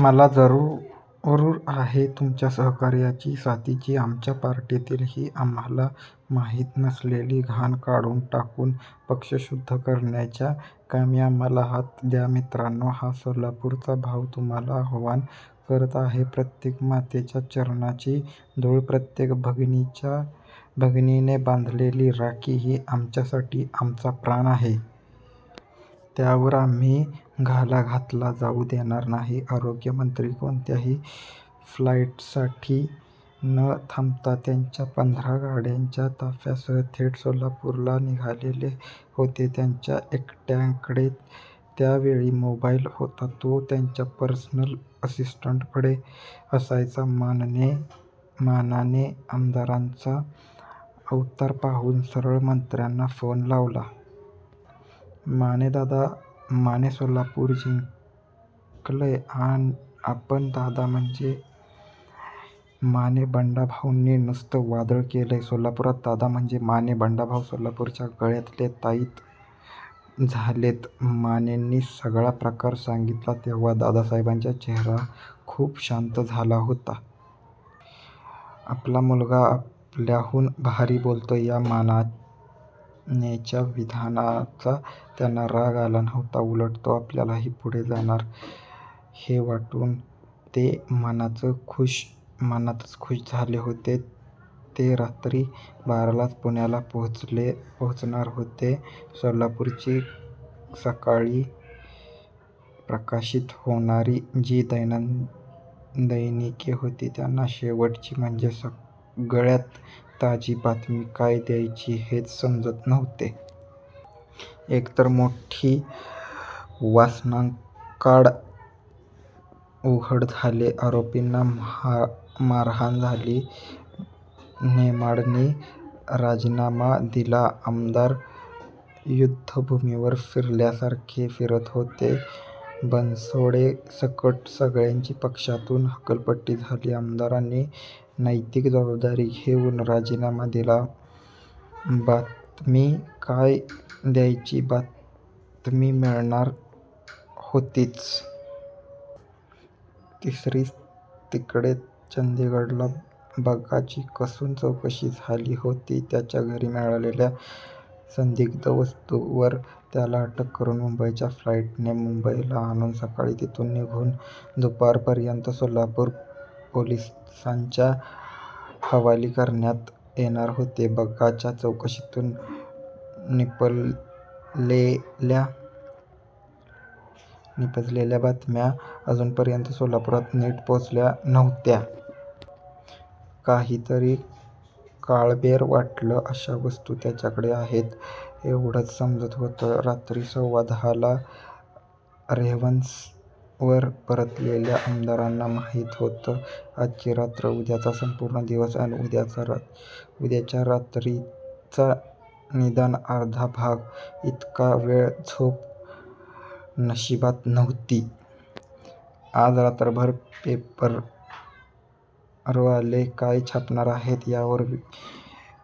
मला जरूर आहे तुमच्या सहकार्याची, साथीची! आमच्या पार्टीतील ही आम्हाला माहीत नसलेली घाण काढून टाकून पक्ष शुद्ध करण्याच्या कामी आम्हाला हात द्या मित्रांनो! हा सोलापूरचा भाऊ तुम्हाला आवाहन करत आहे. प्रत्येक मातेच्या चरणांची धूळ, प्रत्येक भगिनीच्या भगिनीने बांधलेली राखी ही आमच्यासाठी आमचा प्राण आहे. त्यावर आम्ही घाला घातला जाऊ देणार नाही... आरोग्यमंत्री कोणत्याही फ़्लाईटसाठी न थांबता त्यांच्या पंधरा गाड्यांच्या ताफ़्यासह थेट सोलापूरला निघालेले होते. त्यांच्या एकट्य़ाकडेच त्या वेळी मोबाईल होता. तो त्यांच्या पर्सनल असिस्टंटकडे असायचा. मानने मानाने आमदारांचा अवतार पाहून सरळ मंत्र्यांना फ़ोन लावला. माने दादा, माने सोलापूर जिंकलंय आपण.. दादा म्हणजे? माने बंडाभाऊंनी नुसतं वादळ केलय सोलापुरात दादा म्हणजे? माने बंडाभाऊ सोलापुरच्या गळ्यातले ताईत झालेत. मानेंनी सगळा प्रकार सांगीतला तेव्हा दादासाहेबांच्या चेहरा खूप शांत झाला होता. आपला मुलगा आपल्याहून भारी बोलतो या मानानेच्या विधानाचा त्यांना राग आला नव्हता. उलट तो आपल्याही पुढे जाणार हे वाटून ते मनातच खुष झाले होते. ते रात्री बारालाच पुण्याला पोचणार होते. सोलापूरची सकाळी प्रकाशित होणारी जी दैनिके होती त्यांना शेवटची, म्हणजे सगळ्यात ताजी बातमी काय द्यायची हेच समजत नव्हते. एकतर मोठे वासनाकांड उघड झाले. आरोपींना मारहाण झाली. नेमाडेंनी राजीनामा दिला. आमदार युद्धभूमीवर फ़िरल्यासारखे फ़िरत होते. बनसोडेंसकट सगळ्यांची पक्षातून हकालपट्टी झाली. आमदारांनी नैतिक जबाबदारी घेऊन राजीनामा दिला. बातमी काय द्यायची? बातमी मिळणार होतीच. तिसरीच! तिकडे चंदीगडला बग्गाची कसून चौकशी झाली होती. त्याच्या घरी मिळालेल्या संदिग्ध वस्तूंवरून त्याला अटक करून मुंबईच्या फ़्लाईटने मुंबईला आणून सकाळी तिथून निघून दुपारपर्यंत सोलापूर पोलिसांच्या हवाली करण्यात येणार होते. बग्गाच्या चौकशीतून निपजलेल्या बातम्या अजूनपर्यंत सोलापुरात नीट पोचल्या नव्हत्या. काहीतरी काळबेरं वाटलं अशा वस्तू त्याच्याकडे आहेत एवढेच समजत होतं. रात्री सव्वा दहाला रेव्हन्सवर परतलेल्या आमदारांना माहीत होते. आजची रात्र, उद्याचा संपूर्ण दिवस अन उद्याच्या रात्रीचा निदान अर्धा भाग, इतका वेळ झोप नशीबात नव्हती. आज रात्रभर पेपरवाले काय छापणार आहेत यावर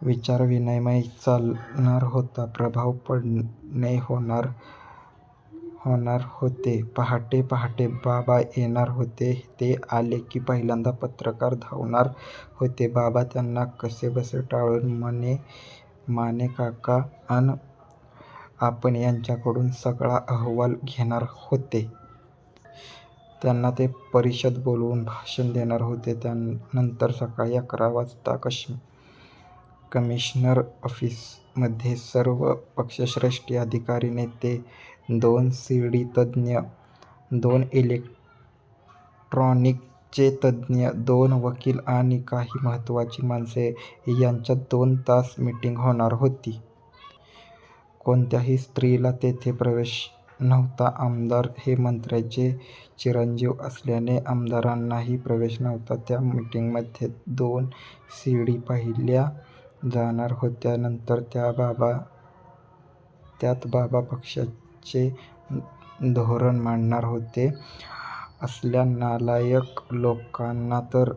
विचारविनिमय चालणार होता. प्रभाव पाडणे होणार होते. पहाटे पहाटे बाबा येणार होते. ते आले की पहिल्यांदा पत्रकार धावणार होते. बाबा त्यांना कसेबसे टाळून मानेकाका अन आपण यांच्याकडून सगळा अहवाल घेणार होते. त्यांना ते परिषद बोलवून भाषण देणार होते. त्यानंतर सकाळी अकरा वाजता कमिशनर ऒफ़ीसमधे सर्व पक्षश्रेष्ठी, अधिकारी, नेते, दोन सी. डी. तञ, दोन इलेक्ट्रॊनिकचे तञ, दोन वकील आणि काही महत्वाची माणसे यांच्यात दोन तास मीटिंग होणार होती. कोणत्याही स्त्रीला तेथे प्रवेश नव्हता. आमदार हे मंत्र्यांचे चिरंजीव असल्याने आमदारांनाही प्रवेश नव्हता. त्या मीटिंगमधे दोन सी. डी. पाहिल्या जाणार होत्या. नंतर त्यात बाबा पक्षाचे धोरण मांडणार होते. असल्या नालायक लोकांना तर--